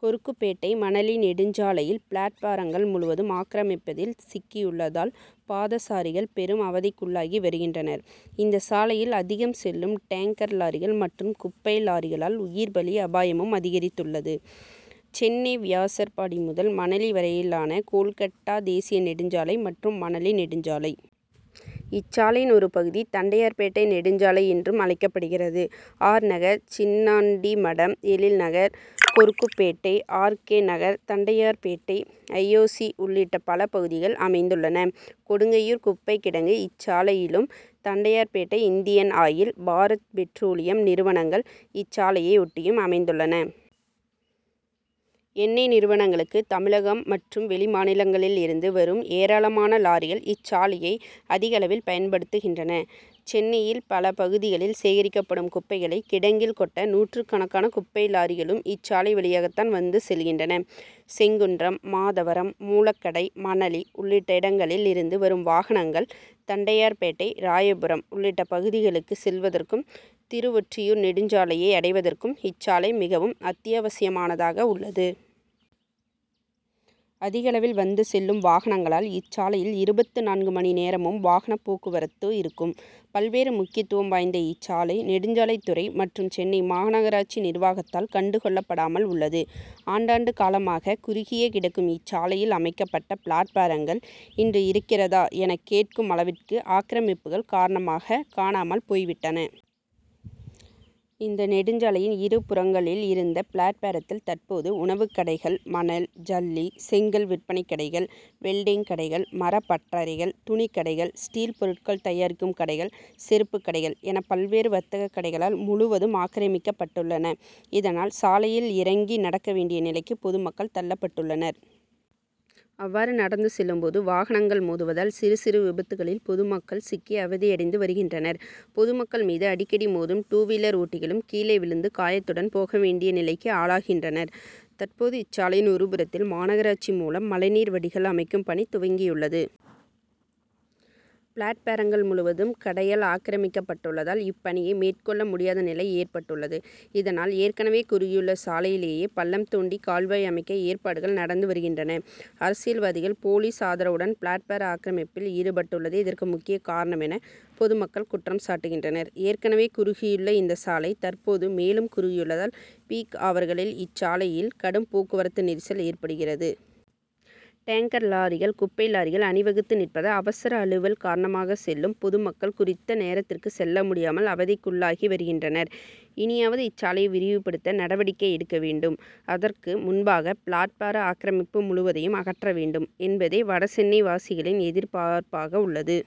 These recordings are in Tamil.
கொருக்குப்பேட்டை மணலி நெடுஞ்சாலையில் பிளாட்பாரங்கள் முழுவதும் ஆக்கிரமிப்பில் சிக்கியுள்ளதால் பாதசாரிகள் பெரும் அவதிக்குள்ளாகிவருகின்றனர். இந்த சாலையில் அதிகம் செல்லும் டேங்கர் லாரிகள் மற்றும் குப்பை லாரிகளால் உயிர்பலி அபாயமும் அதிகரித்துள்ளது. சென்னை வியாசர்பாடி முதல் மணலி வரையிலானது கோல்கட்டா தேசிய நெடுஞ்சாலை மற்றும் மணலி நெடுஞ்சாலை. இச்சாலையின் ஒரு பகுதி தண்டையார்பேட்டை நெடுஞ்சாலை என்றும் அழைக்கப்படுகிறது. ஆர். நகர், சின்னான்டி மடம், Ezhil Nagar, Korukkupet, R. K. Nagar, Tondiarpet, I. O. C. உள்ளிட்ட பல பகுதிகள் அமைந்துள்ளன. கொடுங்கையூர் குப்பைக் கிடங்கு இச்சாலையிலும், Tondiarpet Indian Oil, Bharat Petroleum நிறுவனங்கள் இச்சாலையை ஒட்டியும் அமைந்துள்ளன. எண்ணெய் நிறுவனங்களுக்கு தமிழகம் மற்றும் வெளிமாநிலங்களில் இருந்து வரும் ஏராளமான லாரிகள் இச்சாலையை அதிகளவில் பயன்படுத்துகின்றன. சென்னையின் பல பகுதிகளில் சேகரிக்கப்படும் குப்பைகளை கிடங்கில் கொட்ட நூற்றுக்கணக்கான குப்பை லாரிகளும் இச்சாலை வழியாகத்தான் வந்து செல்கின்றன. செங்குன்றம், மாதவரம், மூலக்கடை, மணலி உள்ளிட்ட இடங்களில் இருந்து வரும் வாகனங்கள் தண்டையார்பேட்டை, ராயபுரம் உள்ளிட்ட பகுதிகளுக்கு செல்வதற்கும், திருவொற்றியூர் நெடுஞ்சாலையை அடைவதற்கும் இச்சாலை மிகவும் அத்தியாவசியமானதாக உள்ளது. அதிகளவில் வந்து செல்லும் வாகனங்களால் இச்சாலையில் இருபத்து நான்கு மணி நேரமும் வாகனப் போக்குவரத்து இருக்கும். பல்வேறு முக்கியத்துவம் வாய்ந்த இச்சாலை, நெடுஞ்சாலைத்துறை மற்றும் சென்னை மாநகராட்சி நிர்வாகத்தால் கண்டுகொள்ளப்படாமல் உள்ளது. ஆண்டாண்டு காலமாக குறுகியே கிடக்கும் இச்சாலையில் அமைக்கப்பட்ட பிளாட்பாரங்கள் இன்று இருக்கிறதா என கேட்கும் அளவிற்கு ஆக்கிரமிப்புகள் காரணமாக காணாமல் போய்விட்டன. இந்த நெடுஞ்சாலையின் இரு புறங்களிலும் இருந்த பிளாட்பாரத்தில் தற்போது உணவுக் கடைகள், மணல், ஜல்லி, செங்கல் விற்பனைக் கடைகள், வெல்டிங் கடைகள், மரப் பட்டறைகள், துணிக்கடை, ஸ்டீல் பொருட்கள் தயாரிக்கும் கடைகள், செருப்புக் கடைகள் என பல்வேறு வர்த்தகக் கடைகளால் முழுவதும் ஆக்கிரமிக்கப்பட்டுள்ளன. இதனால் சாலையில் இறங்கி நடக்க வேண்டிய நிலைக்கு பொதுமக்கள் தள்ளப்பட்டுள்ளனர். அவ்வாறு நடந்து செல்லும்போது வாகனங்கள் மோதுவதால் சிறுசிறு விபத்துகளில் பொது மக்கள் சிக்கி அவதியடைந்து வருகின்றனர். பொதுமக்கள் மீது அடிக்கடி மோதும் டூவீலர் ஓட்டிகளும் கீழே விழுந்து காயத்துடன் போக வேண்டிய நிலைக்கு ஆளாகின்றனர். தற்போது இச்சாலையின் ஒருபுறத்தில் மாநகராட்சி மூலம் மழைநீர் வடிகால் அமைக்கும் பணி துவங்கியுள்ளது. பிளாட்பாரங்கள் முழுவதும் கடையால் ஆக்கிரமிக்கப்பட்டுள்ளதால் இப்பணியை மேற்கொள்ள முடியாத நிலை ஏற்பட்டுள்ளது. இதனால் ஏற்கனவே குறுகியுள்ள சாலையிலேயே பள்ளம்தோண்டி கால்வாய் அமைக்க ஏற்பாடுகள் நடந்து வருகின்றன. அரசியல்வாதிகள், போலீஸ் ஆதரவுடன் பிளாட்பார ஆக்கிரமிப்பில் ஈடுபட்டுள்ளதே இதற்கு முக்கிய காரணம் என பொதுமக்கள் குற்றம் சாட்டுகின்றனர். ஏற்கனவே குறுகியுள்ள இந்த சாலை தற்போது மேலும் குறுகியுள்ளதால் பீக் -அவர்களில் இச்சாலையில் கடும்போக்குவரத்து நெரிசல் ஏற்படுகிறது. டேங்கர் லாரிகள், குப்பை லாரிகள் அணிவகுத்து நிற்பதால் அவசர அலுவல் காரணமாக செல்லும் பொதுமக்கள் குறித்த நேரத்திற்கு செல்ல முடியாமல் அவதிக்குள்ளாகி வருகின்றனர். இனியாவது இச்சாலையை விரிவுபடுத்த நடவடிக்கை எடுக்க வேண்டும். அதற்கு முன்பாக பிளாட்பார ஆக்கிரமிப்பு முழுவதையும் அகற்றவேண்டும் என்பதே வடசென்னை வாசிகளின் எதிர்பார்ப்பாக உள்ளது.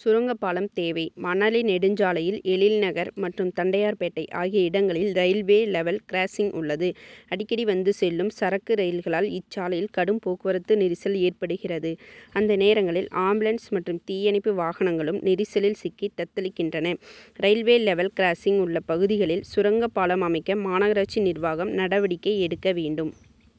சுரங்கப்பாலம் தேவை! மணலி நெடுஞ்சாலையில் எழில்நகர் மற்றும் தண்டையார்பேட்டை ஆகிய இடங்களில் ரயில்வே லெவல் கிராசிங் உள்ளது. அடிக்கடி வந்து செல்லும் சரக்கு ரயில்களால் இச்சாலையில் கடும்போக்குவரத்து நெரிசல் ஏற்படுகிறது. அந்த நேரங்களில் ஆம்புலன்ஸ் மற்றும் தீயணைப்பு வாகனங்களும் நெரிசலில் சிக்கி தத்தளிக்கின்றன. ரயில்வே லெவல் கிராசிங் உள்ள பகுதிகளில் சுரங்க பாலம் அமைக்க மாநகராட்சி நிர்வாகம் நடவடிக்கை எடுக்கவேண்டும்.